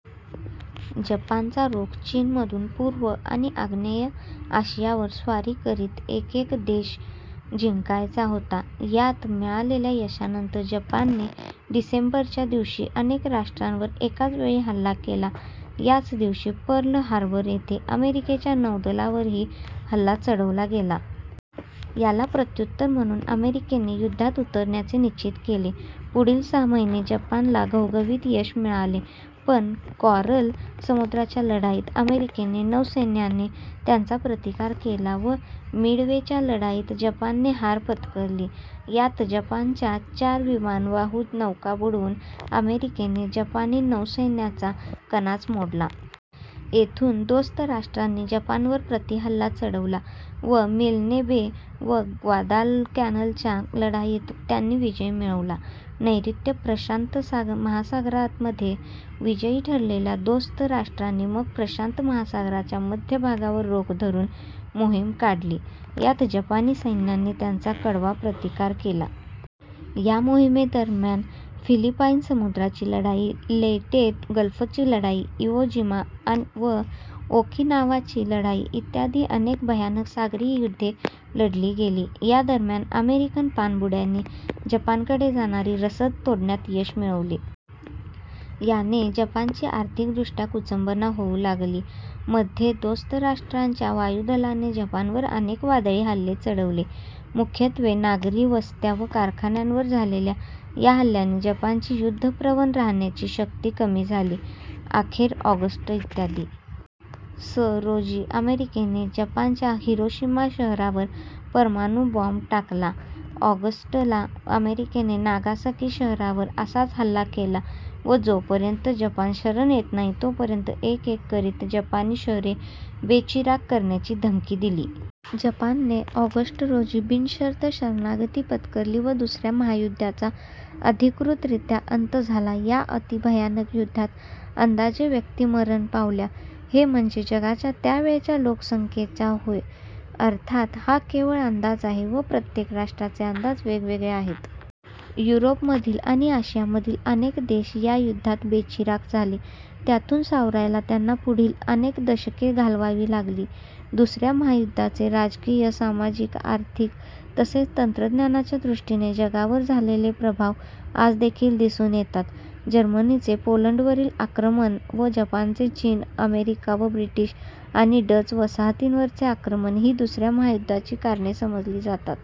, जपानचा रोख चीनमधून पूर्व आणि आग्नेय आशियावर स्वारी करीत एकएक देश जिंकायचा होता. यात मिळालेल्या यशानंतर जपानने डिसेंबर, च्या दिवशी अनेक राष्ट्रांवर एकाच वेळी हल्ला केला. याच दिवशी पर्ल हार्बर येथे अमेरिकेच्या नौदलावरही हल्ला चढवला गेला. याला प्रत्युत्तर म्हणून अमेरिकेने युद्धात उतरण्याचे निश्चित केले. पुढील सहा महिने जपानला घवघवीत यश मिळाले पण कॉरल समुद्राच्या लढाईत अमेरिकन नौसैन्याने त्यांचा प्रतिकार केला व मिडवेच्या लढाईत जपानने हार पत्करली. यात जपानच्या चार विमानवाहू नौका बुडवून अमेरिकेने जपानी नौसैन्याचा कणाच मोडला. येथून दोस्त राष्ट्रांनी जपानवर प्रतिहल्ला चढवला व मिल्ने बे व ग्वादालकॅनालच्या लढाईत त्यांनी विजय मिळवला. नैर्ऋत्य प्रशांत महासागरातमध्ये विजयी ठरलेल्या दोस्त राष्ट्रांनी मग प्रशांत महासागराच्या मध्य भागावर रोख धरून मोहीम काढली. यात जपानी सैन्याने त्यांचा कडवा प्रतिकार केला. या मोहीमेदरम्यान फिलिपाईन समुद्राची लढाई, लेयटे गल्फची लढाई, इवो जिमा व ओकिनावाची लढाई, इ. अनेक भयानक सागरी युद्धे लढली गेली. या दरम्यान अमेरिकन पाणबुड्यांनी जपानकडे जाणारी रसद तोडण्यात यश मिळवले. याने जपानची आर्थिकदृष्ट्या कुचंबणा होऊ लागली. मध्ये दोस्त राष्ट्रांच्या वायुदलाने जपानवर अनेक वादळी हल्ले चढवले. मुख्यत्वे नागरी वस्त्या व कारखान्यांवर झालेल्या या हल्ल्यांनी जपानची युद्धप्रवण राहण्याची शक्ती कमी झाली. अखेर ऑगस्ट, इ. स. रोजी अमेरिकेने जपानच्या हिरोशिमा शहरावर परमाणु बॉम्ब टाकला. ऑगस्ट ला अमेरिकेने नागासाकी शहरावर असाच हल्ला केला व जोपर्यंत जपान शरण येत नाही तोपर्यंत एक एक करित जपानी शहरे बेचिराख करण्याची धमकी दिली. जपानने ऑगस्ट, रोजी बिनशर्त शरणागती पत्करली व दुसऱ्या महायुद्धाचा अधिकृतरीत्या अंत झाला. या अतिभयानक युद्धात अंदाजे व्यक्ती मरण पावल्या. हे म्हणजे जगाच्या त्यावेळेच्या लोकसंख्येच्या होय. अर्थात, हा केवळ अंदाज आहे व प्रत्येक राष्ट्राचे अंदाज वेगवेगळे आहेत. युरोपमधील आणि आशियामधील अनेक देश या युद्धात बेचिराख झाले. त्यातून सावरायला त्यांना पुढील अनेक दशके घालवावी लागली. दुसऱ्या महायुद्धाचे राजकीय, सामाजिक, आर्थिक तसेच तंत्रज्ञानाच्या दृष्टीने जगावर झालेले प्रभाव आजदेखील दिसून येतात. जर्मनीचे पोलंडवरील आक्रमण व जपानचे चीन, अमेरिका व ब्रिटिश आणि डच वसाहतींवरचे आक्रमण ही दुसऱ्या महायुद्धाची कारणे समजली जातात.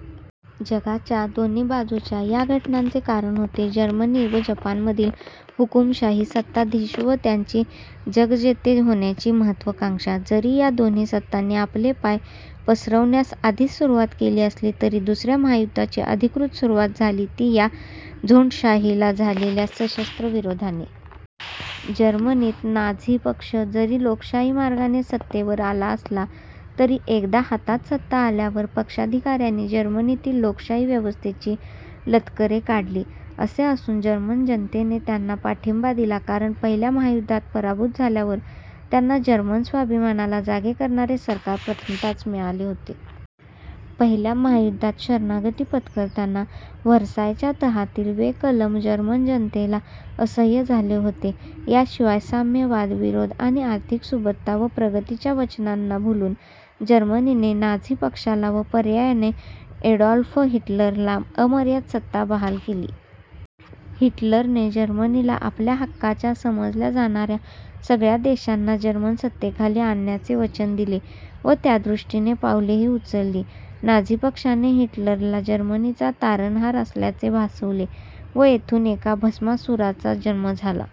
जगाच्या दोन्ही बाजूच्या या घटनांचे कारण होते जर्मनी व जपानमधील हुकूमशाही सत्ताधीश व त्यांची जगज्जेते होण्याची महत्त्वाकांक्षा. जरी या दोन्ही सत्तांनी आपले पाय पसरवण्यास आधीच सुरुवात केली असली तरी दुसऱ्या महायुद्धाची अधिकृत सुरुवात झाली ती या झोंडशाहीला झालेल्या सशस्त्र विरोधाने. जर्मनीत नाझी पक्ष जरी लोकशाही मार्गाने सत्तेवर आला असला तरी एकदा हातात सत्ता आल्यावर पक्षाधिकाऱ्यांनी जर्मनीतील लोकशाही व्यवस्थेची लक्तरे काढली. असे असून जर्मन जनतेने त्यांना पाठिंबा दिला कारण पहिल्या महायुद्धात पराभूत झाल्यावर त्यांना जर्मन स्वाभिमानाला जागे करणारे सरकार प्रथमतःच मिळालेले होते. पहिल्या महायुद्धात शरणागती पत्करताना व्हर्सायच्या तहातील वे कलम जर्मन जनतेला असह्य झाले होते. या शिवाय साम्यवाद-विरोध आणि आर्थिक सुबत्ता व प्रगतीच्या वचनांना भुलून जर्मनीने नाझी पक्षाला व पर्यायाने एडॉल्फ हिटलरला अमर्याद सत्ता बहाल केली. हिटलरने जर्मनीला आपल्या हक्काच्या समजल्या जाणाऱ्या सगळ्या देशांना जर्मन सत्तेखाली आणण्याचे वचन दिले व त्यादृष्टीने पावलेही उचलली. नाझी पक्षाने हिटलरला जर्मनीचा तारणहार असल्याचे भासवले, व येथून एका भस्मासुराचा जन्म झाला.